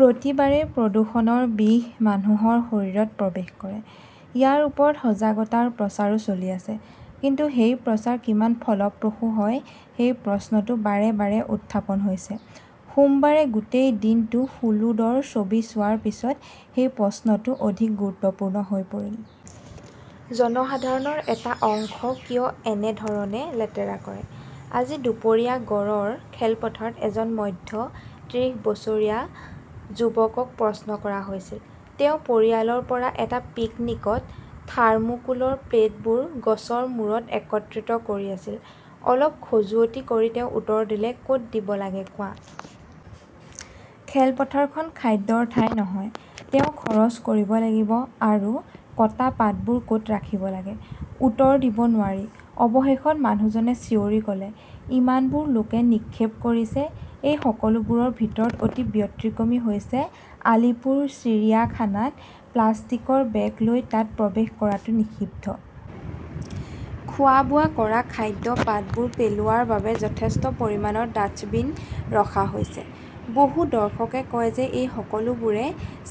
প্ৰতিবাৰেই প্ৰদূষণৰ বিষ মানুহৰ শৰীৰত প্ৰৱেশ কৰে। ইয়াৰ ওপৰত সজাগতাৰ প্ৰচাৰো চলি আছে। কিন্তু সেই প্ৰচাৰ কিমান ফলপ্ৰসূ হয় সেই প্ৰশ্নটো বাৰে বাৰে উত্থাপন হৈছে। সোমবাৰে গোটেই দিনটো হুলোডৰ ছবি চোৱাৰ পিছত সেই প্ৰশ্নটো অধিক গুৰুত্বপূৰ্ণ হৈ পৰিছিল। জনসাধাৰণৰ এটা অংশ কিয় এনে ধৰণে লেতেৰা কৰে? আজি দুপৰীয়া গড়ৰ খেলপথাৰত এজন মধ্য ত্ৰিশ বছৰীয়া যুৱকক প্ৰশ্ন কৰা হৈছিল। তেওঁ পৰিয়ালৰ পৰা এটা পিকনিকত থাৰ্মোকোলৰ প্লেটবোৰ গছৰ মূৰত একত্ৰিত কৰি আছিল। অলপ খজুৱতি কৰি তেওঁ উত্তৰ দিলে, কত দিব লাগে কোৱা? খেলপথাৰখন খাদ্যৰ ঠাই নহয়। তেওঁ খৰচ কৰিব লাগিব আৰু কটা পাতবোৰ কত ৰাখিব লাগে। উত্তৰ দিব নোৱাৰি, অৱশেষত, মানুহজনে চিঞৰি কলে, ইমানবোৰ লোকে নিক্ষেপ কৰিছে। এই সকলোবোৰৰ ভিতৰত অতি ব্যতিক্ৰমী হৈছে আলিপুৰ চিৰিয়াখানাত প্লাষ্টিকৰ বেগ লৈ তাত প্ৰৱেশ কৰাটো নিষিদ্ধ। খোৱা-বোৱা কৰা খাদ্য, পাতবোৰ পেলোৱাৰ বাবে যথেষ্ট পৰিমাণৰ ডাস্টবিন ৰখা হৈছে। বহু দৰ্শকে কয় যে এই সকলোবোৰে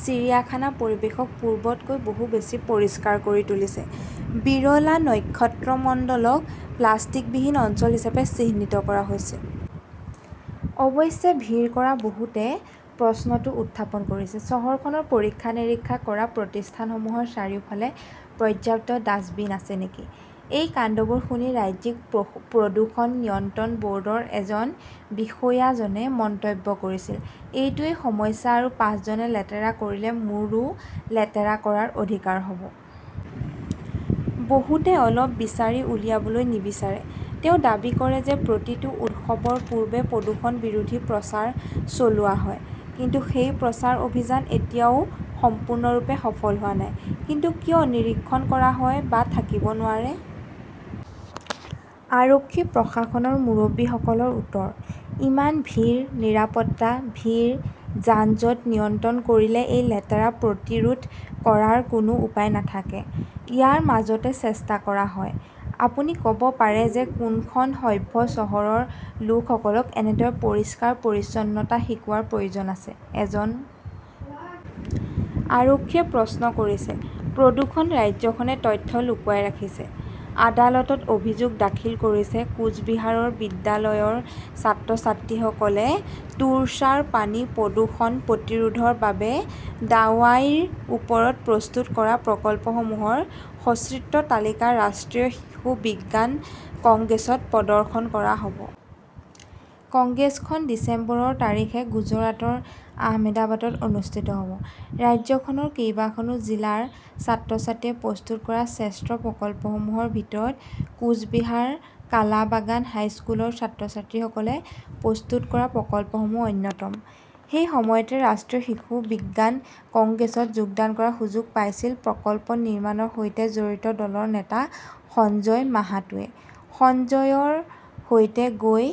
চিৰিয়াখানা পৰিৱেশক পূৰ্বতকৈ বহু বেছি পৰিষ্কাৰ কৰি তুলিছে। বিৰলা নক্ষত্ৰমণ্ডলক প্লাষ্টিকবিহীন অঞ্চল হিচাপে চিহ্নিত কৰা হৈছে। অৱশ্যে ভিৰ কৰা বহুতে প্ৰশ্নটো উত্থাপন কৰিছে, চহৰখনৰ পৰীক্ষা-নিৰীক্ষা কৰা প্ৰতিষ্ঠানসমূহৰ চাৰিওফালে পৰ্যাপ্ত ডাম্পবিন আছে নেকি? এই কাণ্ডবোৰ শুনি ৰাজ্যিক প্ৰদূষণ নিয়ন্ত্ৰণ বৰ্ডৰ এজন বিষয়াজনে মন্তব্য কৰিছিল, এইটোৱেই সমস্যা আৰু পাঁচজনে লেতেৰা কৰিলে মোৰো লেতেৰা কৰাৰ অধিকাৰ হব! বহুতে অলপ বিচাৰি উলিয়াবলৈ নিবিচাৰে। তেওঁ দাবী কৰে যে প্ৰতিটো উৎসৱৰ পূৰ্বে প্ৰদূষণ বিৰোধী প্ৰচাৰ চলোৱা হয়। কিন্তু সেই প্ৰচাৰ অভিযান এতিয়াও সম্পূৰ্ণৰূপে সফল হোৱা নাই। কিন্তু কিয় নিৰীক্ষণ কৰা হয় বা থাকিব নোৱাৰে? আৰক্ষী-প্ৰশাসনৰ মুৰব্বীসকলৰ উত্তৰ, ইমান ভিৰ, নিৰাপত্তা, ভিৰ, যান-জঁট নিয়ন্ত্ৰণ কৰিলে এই লেতেৰা প্ৰতিৰোধ কৰাৰ কোনো উপায় নাথাকে। ইয়াৰ মাজতে চেষ্টা কৰা হয়। আপুনি কব পাৰে যে কোনখন সভ্য চহৰৰ লোকসকলক এনেদৰে পৰিষ্কাৰ-পৰিচ্ছন্নতা শিকোৱাৰ প্ৰয়োজন আছে? এজন আৰক্ষীয়ে প্ৰশ্ন কৰিছে। প্ৰদূষণ-ৰাজ্যখনে তথ্য লুকুৱাই ৰাখিছে, আদালতত অভিযোগ দাখিল কৰিছে কোচ বিহাৰৰ বিদ্যালয়ৰ ছাত্ৰ-ছাত্ৰীসকলে তোৰছাৰ পানী প্ৰদূষণ প্ৰতিৰোধৰ বাবে 'দাৱাইৰ ওপৰত প্ৰস্তুত কৰা প্ৰকল্পসমূহৰ সচিত্ৰ তালিকা ৰাষ্ট্ৰীয় শিশু বিজ্ঞান কংগ্ৰেছত প্ৰদৰ্শন কৰা হব। কংগ্ৰেছখন ডিচেম্বৰৰ তাৰিখে গুজৰাটৰ আহমেদাবাদত অনুষ্ঠিত হ 'ব। ৰাজ্যখনৰ কেইবাখনো জিলাৰ ছাত্ৰ-ছাত্ৰীয়ে প্ৰস্তুত কৰা শ্ৰেষ্ঠ প্ৰকল্পসমূহৰ ভিতৰত কোচ বিহাৰ কালাবাগান হাইস্কুলৰ ছাত্ৰ-ছাত্ৰীসকলে প্ৰস্তুত কৰা প্ৰকল্পসমূহ অন্যতম। সেই সময়তে ৰাষ্ট্ৰীয় শিশু বিজ্ঞান কংগ্ৰেছত যোগদান কৰাৰ সুযোগ পাইছিল প্ৰকল্প নিৰ্মাণৰ সৈতে জড়িত দলৰ নেতা সঞ্জয় মাহাতোৱে। সঞ্জয়ৰ সৈতে গৈ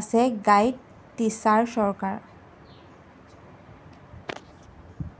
আছে 'গাইড টিচাৰ চৰকাৰ।